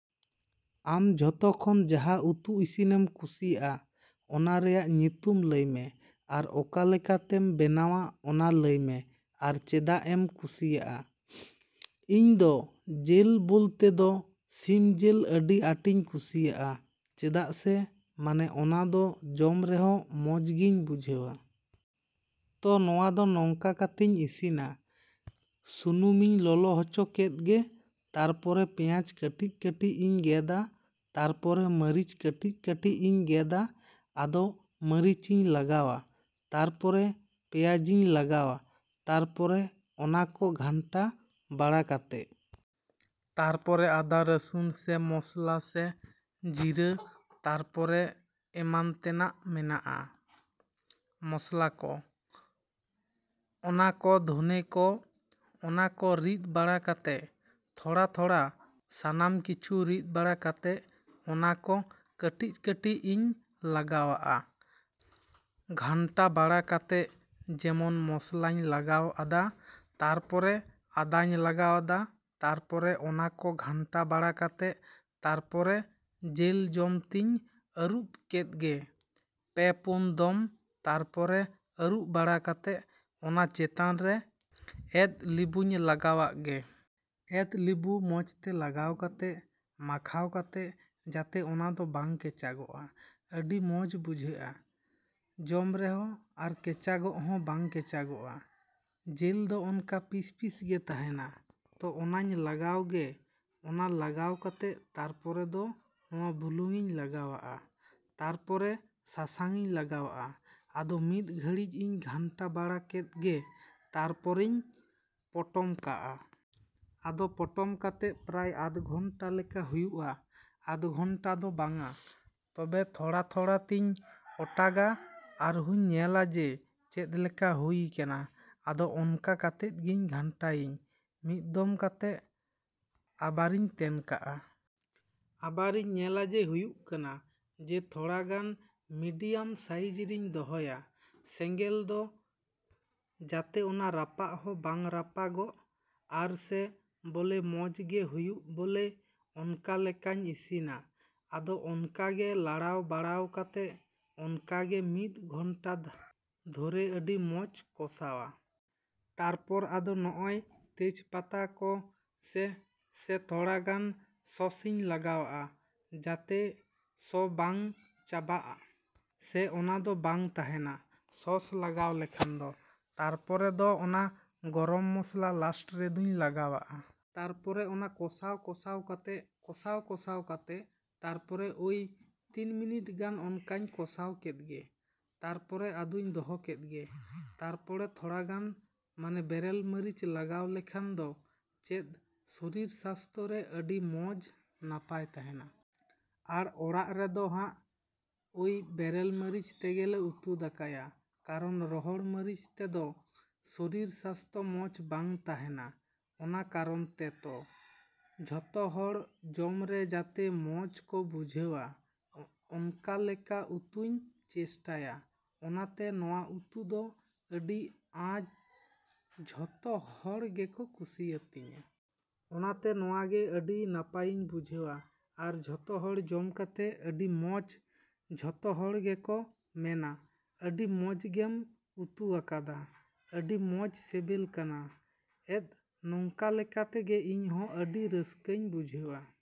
ᱟᱢ ᱡᱷᱚᱛᱚ ᱠᱷᱚᱱ ᱡᱟᱦᱟᱸ ᱩᱛᱩ ᱤᱥᱤᱱᱮᱢ ᱠᱩᱥᱤᱭᱟᱜᱼᱟ, ᱚᱱᱟ ᱨᱮᱭᱟᱜ ᱧᱩᱛᱩᱢ ᱞᱟᱹᱭ ᱢᱮ? ᱟᱨ ᱚᱠᱟᱞᱮᱠᱟᱛᱮᱢ ᱵᱮᱱᱟᱣᱟ ᱚᱱᱟ ᱞᱟᱹᱭ ᱢᱮ ᱟᱨ ᱪᱮᱫᱟᱜ ᱮᱢ ᱠᱩᱥᱤᱭᱟᱜᱼᱟ? ᱤᱧ ᱫᱚ ᱡᱮᱞ ᱵᱚᱞᱛᱮ ᱫᱚ ᱥᱤᱢ ᱡᱮᱞ ᱟᱹᱰᱤ ᱟᱸᱴᱤᱧ ᱠᱩᱥᱤᱭᱟᱜᱼᱟ᱾ ᱪᱮᱫᱟᱜ ᱥᱮ ᱢᱟᱱᱮ ᱚᱱᱟ ᱫᱚ ᱡᱚᱢ ᱨᱮᱦᱚᱸ ᱢᱚᱡᱽ ᱜᱤᱧ ᱵᱩᱡᱷᱟᱹᱣᱟ᱾ ᱛᱚ ᱱᱚᱣᱟ ᱫᱚ ᱱᱚᱝᱠᱟ ᱠᱟᱛᱤᱧ ᱤᱥᱤᱱᱟ᱾ ᱥᱩᱱᱩᱢᱤᱧ ᱞᱚᱞᱚ ᱦᱚᱪᱚ ᱠᱮᱫ, ᱜᱮ ᱛᱟᱨᱯᱚᱨᱮ ᱯᱮᱸᱭᱟᱡ ᱠᱟᱹᱴᱤᱡᱼᱠᱟᱹᱴᱤᱡ ᱤᱧ ᱜᱮᱫᱟ ᱛᱟᱨᱯᱚᱨᱮ ᱢᱟᱨᱤᱪ ᱠᱟᱹᱴᱤᱡᱼᱠᱟᱹᱴᱤᱡ ᱤᱧ ᱜᱮᱫᱟ ᱟᱫᱚ ᱢᱟᱨᱤᱪᱤᱧ ᱞᱟᱜᱟᱣᱟᱜᱼᱟ, ᱛᱟᱨᱯᱚᱨᱮ ᱯᱮᱸᱭᱟᱡᱤᱧ ᱞᱟᱜᱟᱣᱟᱜᱼᱟ᱾ ᱛᱟᱨᱯᱚᱨᱮ ᱚᱱᱟ ᱠᱚ ᱜᱷᱟᱱᱴᱟ ᱵᱟᱲᱟ ᱠᱟᱛᱮ ᱛᱟᱯᱚᱨᱮ ᱟᱫᱟ ᱨᱟᱹᱥᱩᱱ ᱥᱮ ᱢᱚᱥᱞᱟ ᱥᱮ ᱡᱤᱨᱟᱹ ᱛᱟᱨᱯᱚᱨᱮ ᱮᱢᱟᱱ ᱛᱮᱭᱟᱜ ᱢᱮᱱᱟᱜᱼᱟ ᱢᱚᱥᱞᱟ ᱠᱚ, ᱚᱱᱟ ᱠᱚ ᱫᱷᱚᱱᱮ ᱠᱚ ᱚᱱᱟ ᱠᱚ ᱨᱤᱫ ᱵᱟᱲᱟ ᱠᱟᱛᱮ ᱛᱷᱚᱲᱟᱼᱛᱷᱚᱲᱟ ᱥᱟᱱᱟᱢ ᱠᱤᱪᱷᱩ ᱨᱤᱫ ᱵᱟᱲᱟ ᱠᱟᱛᱮᱫ ᱚᱱᱟ ᱠᱚ ᱠᱟᱹᱴᱤᱡᱼᱠᱟᱹᱴᱤᱡ ᱤᱧ ᱞᱟᱜᱟᱣᱟᱜᱼᱟ ᱜᱷᱟᱱᱴᱟ ᱵᱟᱲᱟ ᱠᱟᱛᱮ ᱡᱮᱢᱚᱱ ᱢᱚᱥᱞᱟᱧ ᱞᱟᱜᱟᱣ ᱟᱫᱟ ᱛᱟᱨᱯᱚᱨᱮ ᱟᱫᱟᱧ ᱞᱟᱜᱟᱣ ᱟᱫᱟ ᱛᱟᱨᱯᱚᱨᱮ ᱚᱱᱟ ᱠᱚ ᱜᱷᱟᱱᱴᱟ ᱵᱟᱲᱟ ᱠᱟᱛᱮ ᱛᱟᱨᱯᱚᱨ ᱡᱮᱞ ᱢᱚᱡᱽ ᱛᱤᱧ ᱟᱹᱨᱩᱵ ᱠᱮᱫ ᱜᱮ ᱯᱮ ᱯᱚᱱ ᱫᱚᱢ ᱛᱟᱨᱯᱚᱨᱮ ᱟᱹᱨᱩᱵ ᱵᱟᱲᱟ ᱠᱟᱛᱮ ᱚᱱᱟ ᱪᱮᱛᱟᱱ ᱨᱮ ᱮᱫ ᱞᱤᱵᱩᱧ ᱞᱟᱜᱟᱣᱟᱜᱼᱟ᱾ ᱮᱫ ᱞᱤᱵᱩ ᱢᱚᱡᱽ ᱛᱮ ᱞᱟᱜᱟᱣ ᱠᱟᱛᱮ, ᱢᱟᱠᱷᱟᱣ ᱠᱟᱛᱮ ᱡᱟᱛᱮ ᱚᱱᱟ ᱫᱚ ᱵᱟᱝ ᱠᱮᱪᱟᱜᱚᱜ᱾ ᱟᱹᱰᱤ ᱢᱚᱡᱽ ᱵᱩᱡᱷᱟᱹᱜᱼᱟ ᱡᱚᱢ ᱨᱮᱦᱚᱸ ᱟᱨ ᱠᱮᱪᱷᱟᱜ ᱦᱚᱸ ᱵᱟᱝ ᱠᱮᱪᱟᱜᱚᱜᱼᱟ᱾ ᱡᱮᱞ ᱫᱚ ᱚᱱᱠᱟ ᱯᱤᱥᱼᱯᱤᱥ ᱜᱮ ᱛᱟᱦᱮᱱᱟ᱾ ᱛᱚ, ᱚᱱᱟᱧ ᱞᱟᱜᱟᱣᱟᱜ ᱜᱮ ᱚᱱᱟ ᱞᱟᱜᱟᱣ ᱠᱟᱛᱮ ᱛᱟᱨᱯᱚᱨᱮ ᱫᱚ ᱱᱚᱣᱟ ᱵᱩᱞᱩᱝᱤᱧ ᱞᱟᱜᱟᱣᱟᱜᱼᱟ, ᱛᱟᱨᱯᱚᱨᱮ ᱥᱟᱥᱟᱝᱤᱧ ᱞᱟᱜᱟᱣᱟᱜᱼᱟ, ᱟᱫᱚ ᱢᱤᱫ ᱜᱷᱟᱹᱲᱤᱡ ᱤᱧ ᱜᱷᱟᱱᱴᱟ ᱵᱟᱲᱟ ᱠᱮᱫ ᱜᱮ ᱛᱟᱨᱯᱚᱨᱮᱧ ᱯᱚᱴᱚᱢ ᱠᱟᱜᱼᱟ᱾ ᱟᱫᱚ ᱯᱚᱴᱚᱢ ᱠᱟᱛᱮ ᱯᱨᱟᱭ ᱟᱫᱷ ᱜᱷᱚᱱᱴᱟ ᱞᱮᱠᱟ ᱦᱩᱭᱩᱜᱼᱟ ᱟᱫᱷ ᱜᱷᱚᱱᱴᱟ ᱫᱚ ᱵᱟᱝᱟ᱾ ᱛᱚᱵᱮ ᱛᱷᱚᱲᱟᱼᱛᱷᱚᱲᱟ ᱛᱤᱧ ᱚᱴᱟᱜᱟ ᱟᱨᱦᱩᱧ ᱧᱮᱞᱟ ᱡᱮ, ᱪᱮᱫ ᱞᱮᱠᱟ ᱦᱩᱭ ᱟᱠᱟᱱᱟ? ᱟᱫᱚ ᱚᱱᱠᱟ ᱠᱟᱛᱮᱫ ᱜᱤᱧ ᱜᱷᱟᱱᱴᱟᱭᱤᱧ ᱢᱤᱫ ᱫᱚᱢ ᱠᱟᱛᱮ ᱟᱵᱟᱨᱤᱧ ᱛᱮᱱ ᱠᱟᱜᱼᱟ᱾ ᱟᱵᱟᱨᱤᱧ ᱧᱮᱞᱟ ᱡᱮ ᱦᱩᱭᱩᱜ ᱠᱟᱱᱟ᱾ ᱡᱮ ᱛᱷᱚᱲᱟ ᱜᱟᱱ ᱢᱤᱰᱤᱭᱟᱢ ᱥᱟᱭᱤᱡᱽ ᱨᱤᱧ ᱫᱚᱦᱚᱭᱟ᱾ ᱥᱮᱸᱜᱮᱞ ᱫᱚ ᱡᱟᱛᱮ ᱚᱱᱟ ᱨᱟᱯᱟᱜ ᱦᱚᱸ ᱵᱟᱝ ᱨᱟᱯᱟᱜᱚᱜ ᱟᱨ ᱥᱮ ᱵᱚᱞᱮ ᱢᱚᱡᱽ ᱜᱮ ᱦᱩᱭᱩᱜ ᱵᱚᱞᱮ ᱚᱱᱠᱟ ᱞᱮᱠᱟᱧ ᱤᱥᱤᱱᱟ᱾ ᱟᱫᱚ ᱚᱱᱠᱟ ᱜᱮ ᱞᱟᱲᱟᱣ ᱵᱟᱲᱟᱣ ᱠᱟᱛᱮ ᱚᱱᱠᱟ ᱜᱮ ᱢᱤᱫ ᱜᱷᱚᱱᱴᱟ ᱫᱷᱚᱨᱮ ᱟᱹᱰᱤ ᱢᱚᱡᱽ ᱠᱚᱥᱟᱣᱟ᱾ ᱛᱟᱨᱯᱚᱨᱮ ᱟᱫᱚ ᱱᱚᱜᱼᱚᱭ ᱛᱮᱡ ᱯᱟᱛᱟ ᱠᱚ ᱥᱮ ᱥᱮ ᱛᱷᱚᱲᱟ ᱜᱟᱱ ᱥᱚᱸᱥᱤᱧ ᱞᱟᱜᱟᱣᱟᱜᱼᱟ ᱡᱟᱛᱮ ᱥᱚ ᱵᱟᱝ ᱪᱟᱵᱟᱜ ᱥᱚ ᱚᱱᱟ ᱫᱚ ᱵᱟᱝ ᱛᱟᱦᱮᱱᱟ, ᱥᱚᱸᱥ ᱞᱟᱜᱟᱣ ᱞᱮᱠᱷᱟᱱ ᱫᱚ᱾ ᱛᱟᱨᱯᱚᱨᱮ ᱫᱚ ᱚᱱᱟ ᱜᱚᱨᱚᱢ ᱢᱚᱥᱞᱟ ᱞᱟᱥᱴ ᱨᱮᱫᱩᱧ ᱞᱟᱜᱟᱣᱟ᱾ ᱛᱟᱨᱯᱚᱨᱮ ᱚᱱᱟ ᱠᱚᱥᱟᱣᱼᱠᱚᱥᱟᱣ ᱠᱟᱛᱮ ᱠᱚᱥᱟᱣ ᱠᱚᱥᱟᱣ ᱠᱟᱛᱮ ᱛᱟᱨᱯᱚᱨᱮ ᱚᱭ ᱛᱤᱱ ᱢᱤᱱᱤᱴ ᱜᱟᱱ ᱚᱱᱠᱟᱧ ᱠᱚᱥᱟᱣ ᱠᱮᱫ ᱜᱮ, ᱛᱟᱨᱯᱚᱨᱮ ᱟᱫᱚᱧ ᱫᱚᱦᱚ ᱠᱮᱫ ᱜᱮ᱾ ᱛᱟᱨᱯᱚᱨᱮ ᱛᱷᱚᱲᱟ ᱜᱟᱱ ᱢᱟᱱᱮ ᱵᱮᱨᱮᱞ ᱢᱟᱨᱤᱪ ᱞᱟᱜᱟᱣ ᱞᱮᱠᱷᱟᱱ ᱫᱚ ᱪᱮᱫ ᱥᱚᱨᱤᱨ ᱥᱟᱥᱛᱚ ᱨᱮ ᱟᱹᱰᱤ ᱢᱚᱡᱽ ᱱᱟᱯᱟᱭ ᱛᱟᱦᱮᱱᱟ᱾ ᱟᱨ ᱚᱲᱟᱜ ᱨᱮᱫᱚ ᱦᱚᱸᱜᱼᱚᱭ ᱵᱮᱨᱮᱞ ᱢᱟᱨᱤᱪ ᱛᱮᱜᱮᱞᱮ ᱩᱛᱩ ᱫᱟᱠᱟᱭᱟ᱾ ᱠᱟᱨᱚᱱ ᱨᱚᱦᱚᱲ ᱢᱟᱨᱤᱪ ᱛᱮᱫᱚ ᱥᱚᱨᱤᱨ ᱥᱟᱥᱛᱷᱚ ᱢᱚᱡᱽ ᱵᱟᱝ ᱛᱟᱦᱮᱱᱟ ᱚᱱᱟ ᱠᱟᱨᱚᱱ ᱛᱮ ᱛᱚ, ᱡᱷᱚᱛᱚ ᱦᱚᱲ ᱡᱚᱢ ᱨᱮ ᱡᱟᱛᱮ ᱢᱚᱡᱽ ᱠᱚ ᱵᱩᱡᱷᱟᱹᱣ, ᱚᱱᱠᱟᱞᱮᱠᱟ ᱩᱛᱩᱧ ᱪᱮᱥᱴᱟᱭᱟ, ᱚᱱᱟᱛᱮ ᱱᱚᱣᱟ ᱩᱛᱩ ᱫᱚ ᱟᱹᱰᱤ ᱟᱸ ᱡᱷᱚᱛᱚ ᱦᱚᱲ ᱜᱮᱠᱚ ᱠᱩᱥᱤᱣᱟᱛᱤᱧᱟ᱾ ᱚᱱᱟᱛᱮ ᱱᱚᱣᱟ ᱜᱮ ᱟᱹᱰᱤ ᱱᱟᱯᱟᱭᱤᱧ ᱵᱩᱡᱷᱟᱹᱣᱟ, ᱟᱨ ᱡᱷᱚᱛᱚ ᱦᱚᱲ ᱡᱚᱢ ᱠᱟᱛᱮ ᱟᱹᱰᱤ ᱢᱚᱡᱽ ᱡᱷᱚᱛᱚ ᱦᱚᱲ ᱜᱮᱠᱚ ᱢᱮᱱᱟ ᱟᱹᱰᱤ ᱢᱚᱡᱽ ᱜᱮᱢ ᱩᱛᱩᱣᱟᱠᱟᱫᱟ᱾ ᱟᱹᱰᱤ ᱢᱚᱡᱽ ᱥᱮᱵᱮᱞ ᱠᱟᱱᱟ, ᱮᱫ ᱱᱚᱝᱠᱟᱞᱮᱠᱟ ᱛᱮᱜᱮ ᱤᱧ ᱦᱚᱸ ᱟᱹᱰᱤ ᱨᱟᱹᱥᱠᱟᱹᱧ ᱵᱩᱡᱷᱟᱹᱣᱟ᱾